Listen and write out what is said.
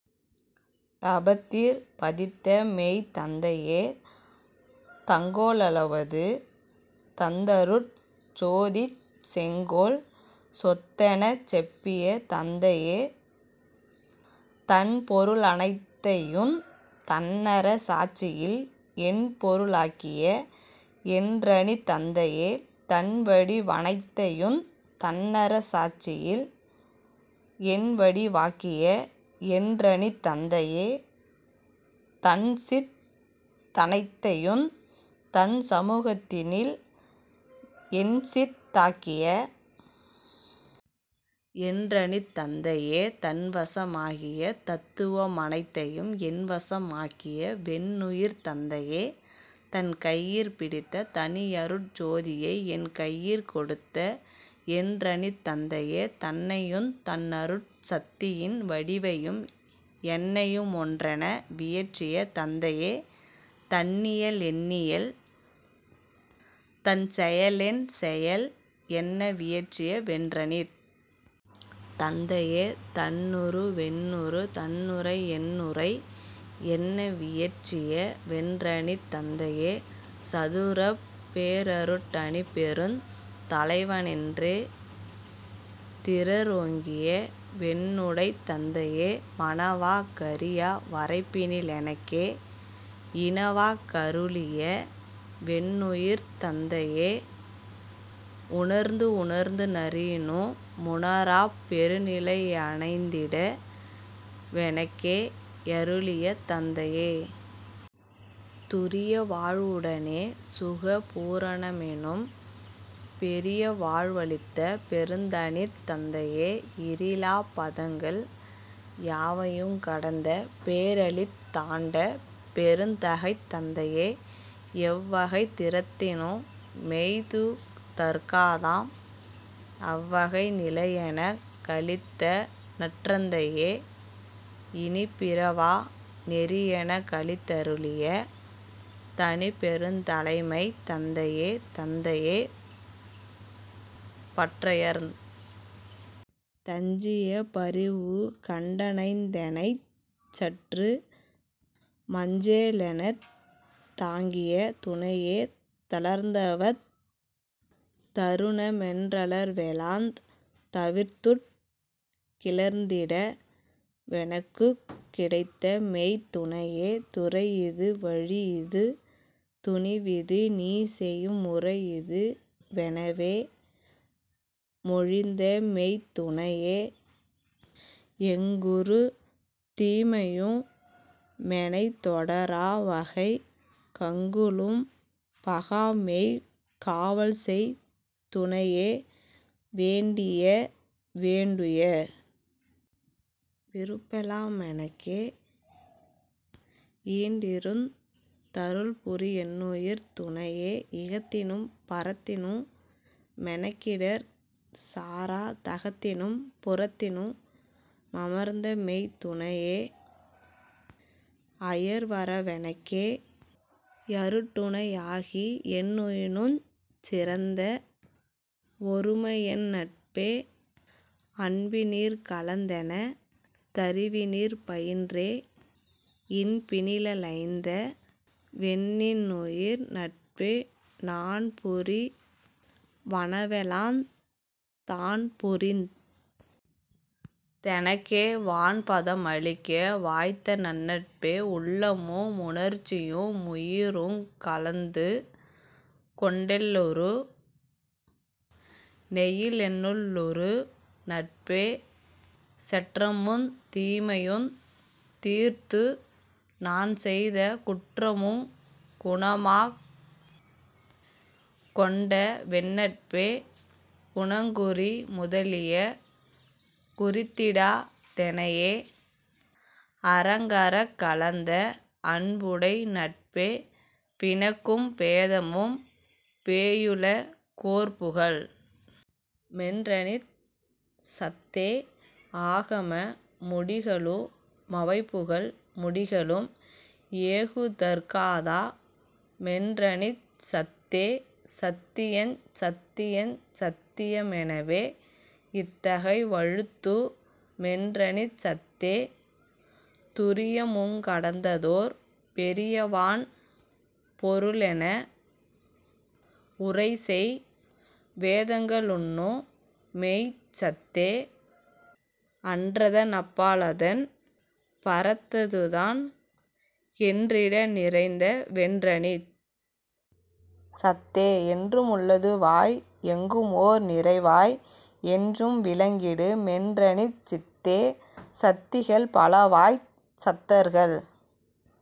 டபத்திற் பதித்தமெய்த் தந்தையே தங்கோ லளவது தந்தருட் ஜோதிச் செங்கோல் சொத்தெனச் செப்பிய தந்தையே தன்பொரு ளனைத்தையுந் தன்னர சாட்சியில் என்பொரு ளாக்கிய என்றனித் தந்தையே தன்வடி வனைத்தையுந் தன்னர சாட்சியில் என்வடி வாக்கிய என்றனித் தந்தையே தன்சித் தனைத்தையுந் தன்சமு கத்தினில் என்சித் தாக்கிய என்றனித் தந்தையே தன்வச மாகிய தத்துவ மனைத்தையும் என்வச மாக்கிய வென்னுயிர்த் தந்தையே தன்கையிற் பிடித்த தனியருட் ஜோதியை என்கையிற் கொடுத்த என்றனித் தந்தையே தன்னையுந் தன்னருட் சத்தியின் வடிவையும் என்னையு மொன்றென வியற்றிய தந்தையே தன்னிய லென்னியல் தன்செய லென்செயல் என்ன வியற்றிய வென்றனித் தந்தையே தன்னுரு வென்னுரு தன்னுரை யென்னுரை என்ன வியற்றிய வென்றனித் தந்தையே சதுரப் பேரருட் டனிப்பெருந் தலைவனென் றெதிரற் றோங்கிய வென்னுடைத் தந்தையே மனவாக் கறியா வரைப்பினி லெனக்கே இனவாக் கருளிய வென்னுயிர்த் தந்தையே உணர்ந்துணர்ந் துணரினு முணராப் பெருநிலை யணைந்திட வெனக்கே யருளிய தந்தையே துரியவாழ் வுடனே சுகபூ ரணமெனும் பெரியவாழ் வளித்த பெருந்தனித் தந்தையே இறிலாப் பதங்கள் யாவையுங் கடந்த பேறளித் தாண்ட பெருந்தகைத் தந்தையே எவ்வகைத் திறத்தினு மெய்துதற் காதாம் அவ்வகை நிலையெனக் களித்தநற் றந்தையே இனிப்பிற வாநெறி யெனக்களித் தருளிய தனிப்பெருந் தலைமைத் தந்தையே தந்தையே பற்றயர்ந் தஞ்சிய பரிவுகண்ட ணைந்தெனைச் சற்றுமஞ் சேலெனத் தாங்கிய துணையே தளர்ந்தவத் தருணமென் றளர்வெலாந் தவிர்த்துட் கிளர்ந்திட வெனக்குக் கிடைத்தமெய்த் துணையே துறையிது வழியிது துணிவிது நீசெயும் முறையிது வெனவே மொழிந்தமெய்த் துணையே எங்குறு தீமையு மெனைத்தொட ராவகை கங்குலும் பகாமெய்க் காவல்செய் துணையே வேண்டிய வேண்டுய விருப்பெலா மெனக்கே யீண்டிருந் தருள்புரி யென்னுயிர்த் துணையே இகத்தினும் பரத்தினு மெனக்கிடர் சாரா தகத்தினும் புறத்தினு மமர்ந்தமெய்த் துணையே அயர்வற வெனக்கே யருட்டுணை யாகியென் னுயினுஞ் சிறந்த வொருமையென் னட்பே அன்பினிற் கலந்தென தறிவினிற் பயின்றே இன்பினி லளைந்தவென் னின்னுயிர் நட்பே நான்புரி வனவெலாந் தான்புரிந் தெனக்கே வான்பத மளிக்க வாய்த்தநன் னட்பே உள்ளமு முணர்ச்சியு முயிருங் கலந்துகொண் டெள்ளுறு நெய்யிலென் னுள்ளுறு நட்பே செற்றமுந் தீமையுந் தீர்த்துநான் செய்த குற்றமுங் குணமாக் கொண்டவென் னட்பே குணங்குறி முதலிய குறித்திடா தெனையே அணங்கறக் கலந்த அன்புடை நட்பே பிணக்கும் பேதமும் பேயுல கோர்புகல் மென்றனிச் சத்தே ஆகம முடிகளு மவைபுகல் முடிகளும் ஏகுதற் காதா மென்றனிச் சத்தே சத்தியஞ் சத்தியஞ் சத்திய மெனவே இத்தகை வழுத்து மென்றனிச் சத்தே துரியமுங் கடந்ததோர் பெரியவான் பொருளென உரைசெய் வேதங்க ளுன்னுமெய்ச் சத்தே அன்றத னப்பா லதன்பரத் ததுதான் என்றிட நிறைந்த வென்றனிச் சத்தே என்றுமுள் ளதுவாய் எங்குமோர் நிறைவாய் என்றும் விளங்கிடு மென்றனிச் சித்தே சத்திகள் பலவாய்த் சத்தர்கள்